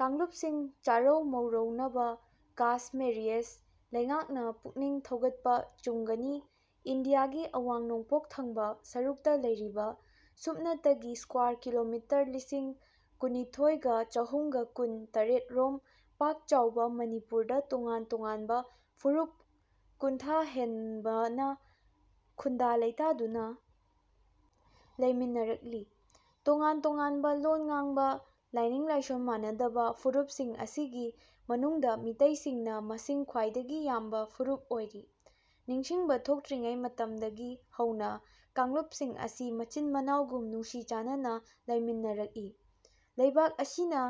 ꯀꯥꯡꯂꯨꯞꯁꯤꯡ ꯆꯥꯔꯧ ꯃꯧꯔꯧꯅꯕ cast marriage ꯂꯩꯉꯥꯛꯅ ꯄꯨꯛꯅꯤꯡ ꯊꯧꯒꯠꯄ ꯆꯨꯝꯒꯅꯤ ꯏꯟꯗꯤꯌꯥꯒꯤ ꯑꯋꯥꯡ ꯅꯣꯡꯄꯣꯛ ꯊꯪꯕ ꯁꯔꯨꯛꯇ ꯂꯩꯔꯤꯕ ꯁꯨꯞꯅꯇꯒꯤ ꯁꯀ꯭ꯋꯥꯔ ꯀꯤꯂꯣꯃꯤꯇꯔ ꯂꯤꯁꯤꯡ ꯀꯨꯟꯅꯤꯊꯣꯏ ꯒꯥ ꯆꯍꯨꯝꯒ ꯀꯨꯟ ꯇꯔꯦꯠꯔꯣꯝ ꯄꯥꯛ-ꯆꯥꯎꯕ ꯃꯅꯤꯄꯨꯔꯗ ꯇꯣꯉꯥꯟ ꯇꯣꯉꯥꯅꯕ ꯐꯨꯔꯨꯞ ꯀꯨꯟꯊ ꯍꯦꯟꯕꯅ ꯈꯨꯟꯗꯥ ꯂꯩꯇꯥꯗꯨꯅ ꯂꯩꯃꯤꯟꯅꯔꯛꯂꯤ꯫ ꯇꯣꯉꯥꯟ ꯇꯣꯉꯥꯟꯕ ꯂꯣꯟ ꯉꯥꯡꯕ, ꯂꯥꯏꯅꯤꯡ-ꯂꯥꯏꯁꯣꯟ ꯃꯥꯟꯅꯗꯕ ꯐꯨꯔꯨꯞꯁꯤꯡ ꯑꯁꯤꯒꯤ ꯃꯅꯨꯡꯗ ꯃꯤꯇꯩꯁꯤꯡꯅ ꯃꯁꯤꯡ ꯈ꯭ꯋꯥꯏꯗꯒꯤ ꯌꯥꯝꯕ ꯐꯨꯔꯨꯞ ꯑꯣꯏꯔꯤ꯫ ꯅꯤꯡꯁꯤꯡꯕ ꯊꯣꯛꯇ꯭ꯔꯤꯉꯩ ꯃꯇꯝꯗꯒꯤ ꯍꯧꯅ ꯀꯥꯡꯂꯨꯞꯁꯤꯡ ꯑꯁꯤ ꯃꯆꯤꯟ ꯃꯅꯥꯎꯒꯨꯝ ꯅꯨꯡꯁꯤ ꯆꯥꯟꯅꯅ ꯂꯩꯃꯤꯟꯅꯔꯛꯏ꯫ ꯂꯩꯕꯥꯛ ꯑꯁꯤꯅ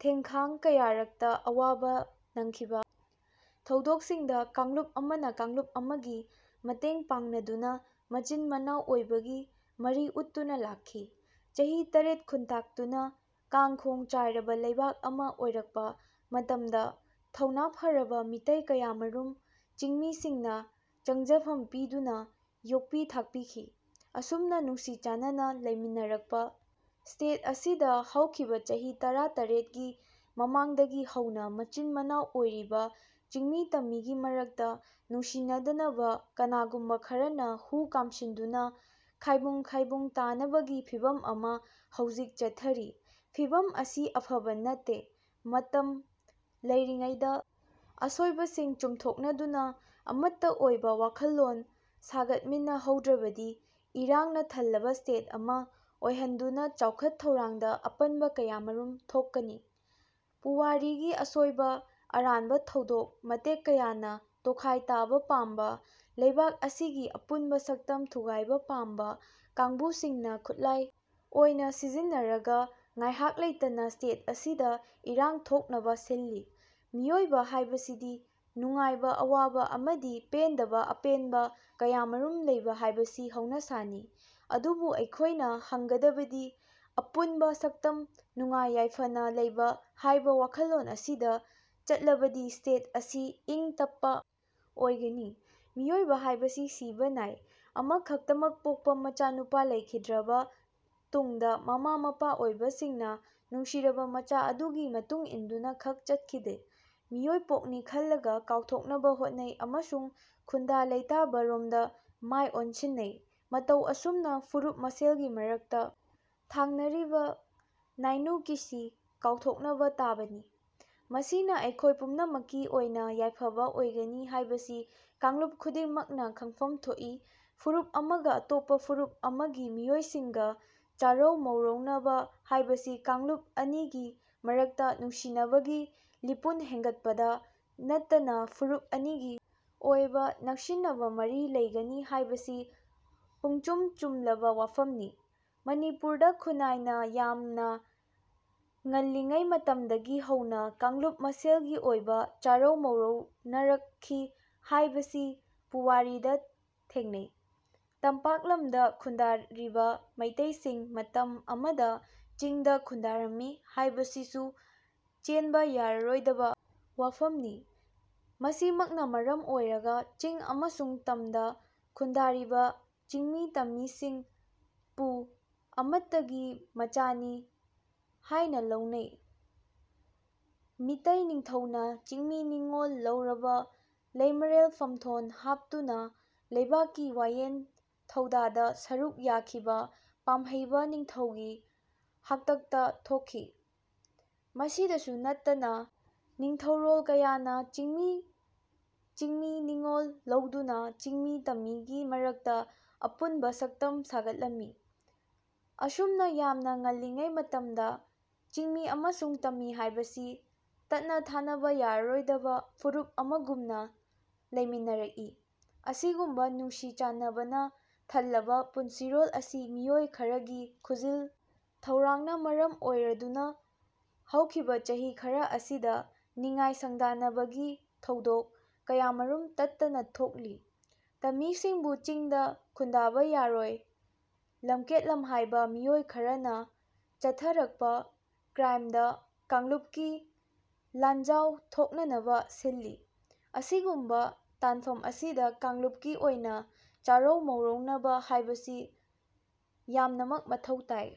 ꯊꯦꯡꯈꯥꯡ ꯀꯌꯥꯔꯛꯇ ꯑꯋꯥꯕ ꯅꯡꯈꯤꯕ ꯊꯧꯗꯣꯛꯁꯤꯡꯗ ꯀꯥꯡꯂꯨꯞ ꯑꯃꯅ ꯀꯥꯡꯂꯨꯞ ꯑꯃꯒꯤ ꯃꯇꯦꯡꯄꯥꯡꯅꯗꯨꯅ ꯃꯆꯤꯟ ꯃꯅꯥꯎ ꯑꯣꯏꯕꯒꯤ ꯃꯔꯤ ꯎꯠꯇꯨꯅ ꯂꯥꯛꯈꯤ꯫ ꯆꯍꯤ ꯇꯔꯦꯠ ꯈꯨꯟꯇꯥꯛꯇꯨꯅ ꯀꯥꯡ-ꯈꯣꯡ ꯆꯥꯏꯔꯕ ꯂꯩꯕꯥꯛ ꯑꯃ ꯑꯣꯏꯔꯛꯄ ꯃꯇꯝꯗ ꯊꯧꯅ ꯐꯔꯕ ꯃꯤꯇꯩ ꯀꯌꯥꯃꯔꯨꯝ ꯆꯤꯡꯃꯤꯁꯤꯡꯅ ꯆꯪꯖꯐꯝ ꯄꯤꯗꯨꯅ ꯌꯣꯛꯄꯤ ꯊꯥꯛꯄꯤꯈꯤ꯫ ꯑꯁꯨꯝꯅ ꯅꯨꯡꯁꯤ-ꯆꯥꯟꯅꯅ ꯂꯩꯃꯤꯟꯅꯔꯛꯄ ꯁ꯭ꯇꯦꯠ ꯑꯁꯤꯗ ꯍꯧꯈꯤꯕ ꯆꯍꯤ ꯇꯔꯥ ꯇꯔꯦꯠ ꯒꯤ ꯃꯃꯥꯡꯗꯒꯤ ꯍꯧꯅ ꯃꯆꯤꯟ ꯃꯅꯥꯎ ꯑꯣꯏꯔꯤꯕ ꯆꯤꯡꯃꯤ ꯇꯝꯃꯤꯒꯤ ꯃꯔꯛꯇ ꯅꯨꯡꯁꯤꯅꯗꯅꯕ ꯀꯅꯥꯒꯨꯝꯕ ꯈꯔꯅ ꯍꯨ ꯀꯥꯝꯁꯤꯟꯗꯨꯅ ꯈꯥꯏꯕꯨꯡ ꯈꯥꯏꯕꯨꯡ ꯇꯥꯅꯕꯒꯤ ꯐꯤꯚꯝ ꯑꯃ ꯍꯧꯖꯤꯛ ꯆꯠꯊꯔꯤ꯫ ꯐꯤꯚꯝ ꯑꯁꯤ ꯑꯐꯕ ꯅꯠꯇꯦ, ꯃꯇꯝ ꯂꯩꯔꯤꯉꯩꯗ ꯑꯁꯣꯏꯕꯁꯤꯡ ꯆꯨꯝꯊꯣꯛꯅꯗꯨꯅ ꯑꯃꯠꯇ ꯑꯣꯏꯕ ꯋꯥꯈꯜꯂꯣꯅ ꯁꯥꯒꯠꯃꯤꯟꯅꯍꯧꯗ꯭ꯔꯕꯗꯤ ꯏꯔꯥꯡꯅ ꯊꯜꯂꯕ ꯁ꯭ꯇꯦꯠ ꯑꯃ ꯑꯣꯏꯍꯟꯗꯨꯅ ꯆꯥꯎꯈꯠ ꯊꯧꯔꯥꯡꯗ ꯑꯄꯟꯕ ꯀꯌꯥꯃꯔꯨꯝ ꯊꯣꯛꯀꯅꯤ꯫ ꯄꯨꯋꯥꯔꯤꯒꯤ ꯑꯁꯣꯏꯕ, ꯑꯔꯥꯟꯕ ꯊꯧꯗꯣꯛ ꯃꯇꯦꯛ ꯀꯌꯥꯅ ꯇꯣꯈꯥꯏ ꯇꯥꯕ ꯄꯥꯝꯕ, ꯂꯩꯕꯥꯛ ꯑꯁꯤꯒꯤ ꯑꯄꯨꯟꯕ ꯁꯛꯇꯝ ꯊꯨꯚꯥꯏꯕ ꯄꯥꯝꯕ ꯀꯥꯡꯕꯨꯁꯤꯡꯅ ꯈꯨꯠꯂꯥꯏ ꯑꯣꯏꯅ ꯁꯤꯖꯤꯟꯅꯔꯒ ꯉꯥꯏꯍꯥꯛ ꯂꯩꯇꯅ ꯁ꯭ꯇꯦꯠ ꯑꯁꯤꯗ ꯏꯔꯥꯡꯊꯣꯛꯅꯕ ꯁꯤꯜꯂꯤ꯫ ꯃꯤꯑꯣꯏꯕ ꯍꯥꯏꯕꯁꯤꯗꯤ ꯅꯨꯡꯉꯥꯏꯕ-ꯑꯋꯥꯕ ꯑꯃꯗꯤ ꯄꯦꯟꯗꯕ-ꯑꯄꯦꯟꯕ ꯀꯌꯥꯃꯔꯨꯝ ꯂꯩꯕ ꯍꯥꯏꯕꯁꯤ ꯍꯧꯅꯁꯥꯅꯤ꯫ ꯑꯗꯨꯕꯨ ꯑꯩꯈꯣꯏꯅ ꯈꯪꯒꯗꯕꯗꯤ ꯑꯄꯨꯟꯕ ꯁꯛꯇꯝ, ꯅꯨꯡꯉꯥꯏ ꯌꯥꯏꯐꯅ ꯂꯩꯕ ꯍꯥꯏꯕ ꯋꯥꯈꯜꯂꯣꯟ ꯑꯁꯤꯗ ꯆꯠꯂꯕꯗꯤ ꯁ꯭ꯇꯦꯠ ꯑꯁꯤ ꯏꯪ ꯇꯞꯄ ꯑꯣꯏꯒꯅꯤ꯫ ꯃꯤꯑꯣꯏꯕ ꯍꯥꯏꯕꯁꯤ ꯁꯤꯕ ꯅꯥꯏ, ꯑꯃꯈꯛꯇꯃꯛ ꯄꯣꯛꯄ ꯃꯆꯥꯅꯨꯄꯥ ꯂꯩꯈꯤꯗ꯭ꯔꯕ ꯇꯨꯡꯗ ꯃꯃꯥ ꯃꯄꯥ ꯑꯣꯏꯕꯁꯤꯡꯅ ꯅꯨꯡꯁꯤꯔꯕ ꯃꯆꯥ ꯑꯗꯨꯒꯤ ꯃꯇꯨꯡꯏꯟꯗꯨꯅ ꯈꯛ ꯆꯠꯈꯤꯗꯦ꯫ ꯃꯤꯑꯣꯏꯄꯣꯛꯅꯤ ꯈꯜꯂꯒ ꯀꯥꯎꯊꯣꯛꯅꯕ ꯍꯣꯠꯅꯩ ꯑꯃꯁꯨꯡ ꯈꯨꯟꯗꯥ ꯂꯩꯇꯥꯕꯔꯣꯝꯗ ꯃꯥꯏ ꯑꯣꯟꯁꯤꯟꯅꯩ꯫ ꯃꯇꯧ ꯑꯁꯨꯝꯅ ꯐꯨꯔꯨꯞ ꯃꯁꯦꯜꯒꯤ ꯃꯔꯛꯇ ꯊꯥꯡꯅꯔꯤꯕ ꯅꯥꯏꯅꯨ-ꯀꯤꯁꯤ ꯀꯥꯎꯊꯣꯛꯅꯕ ꯇꯥꯕꯅꯤ꯫ ꯃꯁꯤꯅ ꯑꯩꯈꯣꯏ ꯄꯨꯝꯅꯃꯛꯀꯤ ꯑꯣꯏꯅ ꯌꯥꯏꯐꯕ ꯑꯣꯏꯒꯅꯤ ꯍꯥꯏꯕꯁꯤ ꯀꯥꯡꯂꯨꯞ ꯈꯨꯗꯤꯡꯃꯛꯅ ꯈꯪꯐꯝ ꯊꯣꯛꯏ ꯐꯨꯔꯨꯞ ꯑꯃꯒ ꯑꯇꯣꯞꯄ ꯐꯨꯔꯨꯞ ꯑꯃꯒꯤ ꯃꯤꯑꯣꯏꯁꯤꯡꯒ ꯆꯥꯔꯧ ꯃꯧꯔꯧꯅꯕ ꯍꯥꯏꯕꯁꯤ ꯀꯥꯡꯂꯨꯞ ꯑꯅꯤꯒꯤ ꯃꯔꯛꯇ ꯅꯨꯡꯁꯤꯅꯕꯒꯤ ꯂꯤꯄꯨꯟ ꯍꯦꯟꯒꯠꯄꯗ ꯅꯠꯇꯅ ꯐꯨꯔꯨꯞ ꯑꯅꯤꯒꯤ ꯑꯣꯏꯕ ꯅꯛꯁꯤꯟꯅꯕ ꯃꯔꯤ ꯂꯩꯒꯅꯤ ꯍꯥꯏꯕꯁꯤ ꯄꯨꯝꯆꯨꯝ ꯆꯨꯝꯂꯕ ꯋꯥꯐꯝꯅꯤ꯫ ꯃꯅꯤꯄꯨꯔꯗ ꯈꯨꯟꯅꯥꯏꯅ ꯌꯥꯝꯅ ꯉꯜꯂꯤꯉꯩ ꯃꯇꯝꯗꯒꯤ ꯍꯧꯅ ꯀꯥꯡꯂꯨꯞ ꯃꯁꯦꯜꯒꯤ ꯑꯣꯏꯕ ꯆꯥꯔꯧ ꯃꯧꯔꯧꯅꯔꯛꯈꯤ ꯍꯥꯏꯕꯁꯤ ꯄꯨꯋꯥꯔꯤꯗ ꯊꯦꯡꯅꯩ꯫ ꯇꯝꯄꯥꯛ ꯂꯝꯗ ꯈꯨꯟꯗꯥꯔꯤꯕ ꯃꯩꯇꯩꯁꯤꯡ ꯃꯇꯝ ꯑꯃꯗ ꯆꯤꯡꯗ ꯈꯨꯟꯗꯥꯔꯝꯃꯤ ꯍꯥꯏꯕꯁꯤꯁꯨ ꯆꯦꯟꯕ ꯌꯥꯔꯔꯣꯏꯗꯕ ꯋꯥꯐꯝꯅꯤ꯫ ꯃꯁꯤꯃꯛꯅ ꯃꯔꯝ ꯑꯣꯏꯔꯒ ꯆꯤꯡ ꯑꯃꯁꯨꯡ ꯇꯝꯗ ꯈꯨꯟꯗꯥꯔꯤꯕ ꯆꯤꯡꯃꯤꯇꯝꯃꯤꯁꯤꯡ "ꯄꯨ" ꯑꯃꯠꯇꯒꯤ ꯃꯆꯥꯅꯤ ꯍꯥꯏꯅ ꯂꯧꯅꯩ꯫ ꯃꯤꯇꯩ ꯅꯤꯡꯊꯧꯅ ꯆꯤꯡꯃꯤ ꯅꯤꯉꯣꯜ ꯂꯧꯔꯕ ꯂꯩꯃꯔꯦꯜ ꯐꯝꯊꯣꯟ ꯍꯥꯄꯇꯨꯅ ꯂꯩꯕꯥꯛꯀꯤ ꯋꯥꯌꯦꯟ ꯊꯧꯗꯥꯗ ꯁꯔꯨꯛ ꯌꯥꯈꯤꯕ ꯄꯥꯝꯍꯩꯕ ꯅꯤꯡꯊꯧꯒꯤ ꯍꯥꯛꯇꯛꯇ ꯊꯣꯛꯈꯤ꯫ ꯃꯁꯤꯗꯁꯨ ꯅꯠꯇꯅ ꯅꯤꯡꯊꯧꯔꯣꯜ ꯀꯌꯥꯅ ꯆꯤꯡꯃꯤ ꯆꯤꯡꯃꯤ ꯅꯤꯉꯣꯜ ꯂꯧꯗꯨꯅ ꯆꯤꯡꯃꯤ ꯇꯝꯃꯤꯒꯤ ꯃꯔꯛꯇ ꯑꯄꯨꯟꯕ ꯁꯛꯇꯝ ꯁꯥꯒꯠꯂꯝꯃꯤ꯫ꯑꯁꯨꯝꯅ ꯌꯥꯝꯅ ꯉꯜꯂꯤꯉꯩ ꯃꯇꯝꯗ ꯆꯤꯡꯃꯤ ꯑꯃꯁꯨꯡ ꯇꯝꯃꯤ ꯍꯥꯏꯕꯁꯤ ꯇꯠꯅ-ꯊꯥꯅꯕ ꯌꯥꯔꯔꯣꯏꯗꯕ ꯐꯨꯔꯨꯞ ꯑꯃꯒꯨꯝꯅ ꯂꯩꯃꯤꯟꯅꯔꯛꯏ꯫ ꯑꯁꯤꯒꯨꯝꯕ ꯅꯨꯡꯁꯤ ꯆꯥꯟꯅꯕꯅ ꯊꯜꯂꯕ ꯄꯨꯟꯁꯤꯔꯣꯜ ꯑꯁꯤ ꯃꯤꯑꯣꯏ ꯈꯔꯒꯤ ꯈꯨꯖꯤꯜ ꯊꯧꯔꯥꯡꯅ ꯃꯔꯝ ꯑꯣꯏꯔꯗꯨꯅ ꯍꯧꯈꯤꯕ ꯆꯍꯤ ꯈꯔ ꯑꯁꯤꯗ ꯅꯤꯡꯉꯥꯏ ꯁꯪꯗꯥꯅꯕꯒꯤ ꯊꯧꯗꯣꯛ ꯀꯌꯥꯃꯔꯨꯝ ꯇꯠꯇꯅ ꯊꯣꯛꯂꯤ꯫ ꯇꯝꯃꯤꯁꯤꯡꯕꯨ ꯆꯤꯡꯗ ꯈꯨꯟꯗꯥꯕ ꯌꯥꯔꯣꯏ, ꯂꯝꯀꯦꯠ ꯂꯝꯍꯥꯏꯕ ꯃꯤꯑꯣꯏ ꯈꯔꯅ ꯆꯠꯊꯔꯛꯄ ꯀ꯭ꯔꯥꯏꯝꯗ ꯀꯥꯡꯂꯨꯞꯀꯤ ꯂꯥꯟꯖꯥꯎ ꯊꯣꯛꯅꯅꯕ ꯁꯤꯜꯂꯤ꯫ ꯑꯁꯤꯒꯨꯝꯕ ꯇꯥꯟꯐꯝ ꯑꯁꯤꯗ ꯀꯥꯡꯂꯨꯞꯀꯤ ꯑꯣꯏꯅ ꯆꯥꯔꯧ ꯃꯧꯔꯧꯅꯕ ꯍꯥꯏꯕꯁꯤ ꯌꯥꯝꯅꯃꯛ ꯃꯊꯧ ꯇꯥꯏ꯫